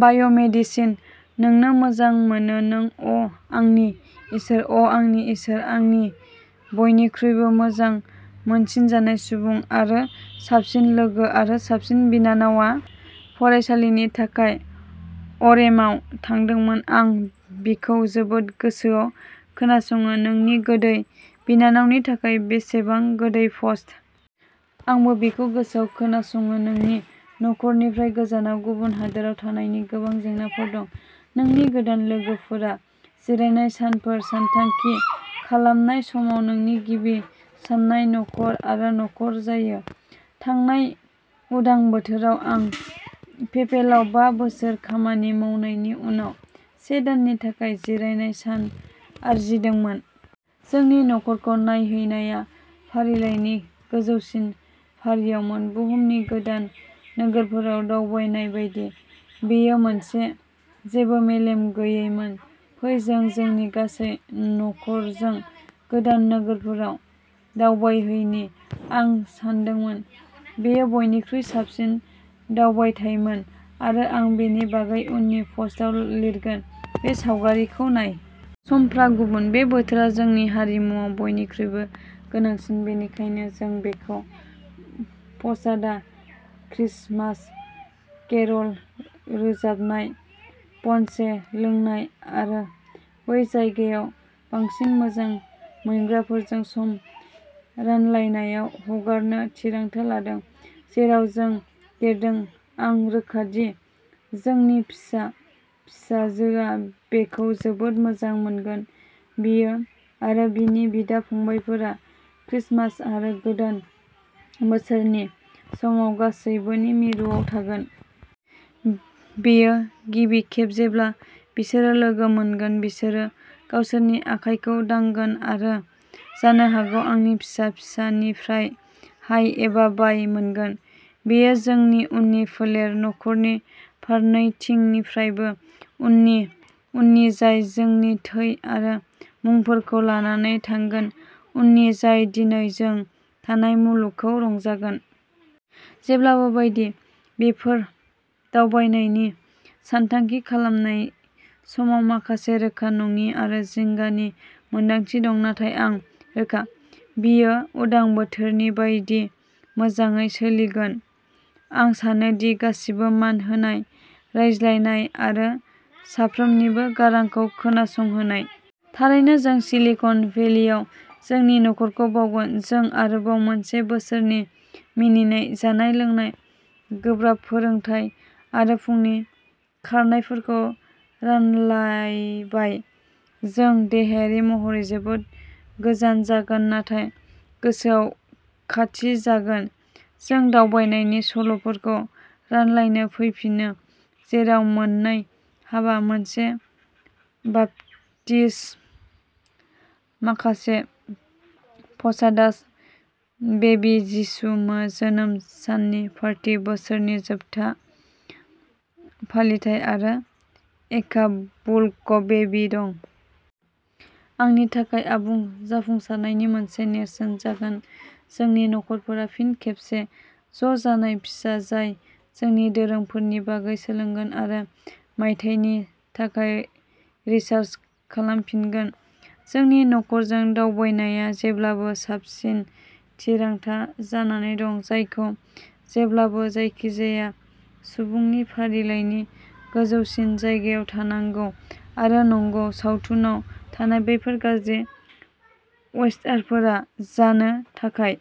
बाय' medicine. नोंनो मोजां मोनो नों अ' आंनि इसोर, अ' आंनि इसोर आंनि बयनिख्रुइबो मोजां मोनसिनजानाय सुबुं आरो साबसिन लोगो आरो साबसिन बिनानावआ फरायसालिनि थाखाय अरेमाव थांदोंमोन। आं बिखौ जोबोद गोसोआव खोनासङो। नोंनि गोदै बिनानावनि थाखाय बेसेबां गोदै पस्ट। आंबो बिखौ गोसोआव खोनासङो नोंनि नखरनिफ्राय गोजानाव गुबुन हादोराव थानायनि गोबां जेंनाफोर दं। नोंनि गोदान लोगोफोरा जिरायनाय सानफोर सानथांखि खालामनाय समाव नोंनि गिबि साननाय नखर आरो नखर जायो। थांनाय उदां बोथोराव, आं पेपेलाव बा बोसोर खामानि मावनायनि उनाव से दाननि थाखाय जिरायनाय सान आरजिदोंमोन। जोंनि नखरखौ नायहैनाया फारिलाइनि गोजौसिन फारियावमोन, बुहुमनि गोदान नोगोरफोराव दावबायनाय बायदि। बेयो मोनसे जेबो मेलेम गैयैमोन, फै जों जोंनि गासै नखरजों गोदान नोगोरफोराव दावबायहैनि, आं सानदोंमोन। बेयो बयनिख्रुइ साबसिन दावबायथायमोन आरो आं बेनि बागै उननि पस्टआव लिरगोन, बे सावगारिखौ नाय। समफ्रा गुबुन, बे बोथोरा जोंनि हारिमुआव बयनिख्रुइबो गोनांसिन, बेनिखायनो जों बेखौ पसादा, क्रिसमास, केर'ल रोजाबनाय, पन्चे लोंनाय आरो बै जायगायाव बांसिन मोजां मोनग्राफोरजों सम रानलायनायाव हगारनो थिरांथा लादों, जेराव जों देरदों। आं रोखा दि जोंनि फिसा फिसाजोआ बेखौ जोबोद मोजां मोनगोन, बियो आरो बिनि बिदा-फंबायफोरा क्रिसमास आरो गोदान बोसोरनि समाव गासैबोनि मिरुआव थागोन। बेयो गिबि खेब जेब्ला बिसोरो लोगो मोनगोन, बिसोरो गावसोरनि आखाइखौ दांगोन आरो जानो हागौ आंनि फिसा फिसानिफ्राय हाय एबा बाय मोनगोन। बेयो जोंनि उननि फोलेर, नखरनि फारनैथिंनिफ्रायबो उननि, उननि जाय जोंनि थै आरो मुंफोरखौ लानानै थांगोन, उननि जाय दिनै जों थानाय मुलुगखौ रंजागोन। जेब्लाबो बायदि, बेफोर दावबायनायनि सानथांखि खालामनाय समाव माखासे रोखा नङि आरो जिंगानि मोनदांथि दं, नाथाय आं रोखा। बियो उदां बोथोरनि बायदि मोजाङै सोलिगोन। आं सानो दि गासिबो मान होनाय, रायज्लायनाय आरो साफ्रोमनिबो गारांखौ खोनासंहोनाय। थारैनो जों सिलिकन भेलियाव जोंनि नखरखौ बावगोन, जों आरोबाव मोनसे बोसोरनि मिनिनाय, जानाय-लोंनाय, गोब्राब फोरोंथाय आरो फुंनि खारनायफोरखौ रानलायबाय। जों देहायारि महरै जोबोद गोजान जागोन नाथाय गोसोयाव खाथि जागोन। जों दावबायनायनि सल'फोरखौ रानलायनो फैफिनो, जेराव मोननै हाबा, मोनसे बाप्तिस्म, माखासे पसादास, बेबी जिसु जोनोम साननि पार्टी, बोसोरनि जोबथा फालिथाय आरो एकापुल्क'बेबी दं। आंनि थाखाय आबुं जाफुंसारनायनि मोनसे नेरसोन जागोन जोंनि नखरफोरा फिन खेबसे ज'जानाय, फिसा जाय जोंनि दोरोंफोरनि बागै सोलोंगोन आरो मायथाइनि थाखाय रिचार्ज खालामफिनगोन। जोंनि नखरजों दावबायनाया जेब्लाबो साबसिन थिरांथा जानानै दं, जायखौ जेब्लाबो जायखिजाया सुबुंनि फारिलाइनि गोजौसिन जायगायाव थानांगौ। आरो नंगौ, सावथुनाव थानाय बैफोर गाज्रि वेसटारफोरा जानो थाखाय।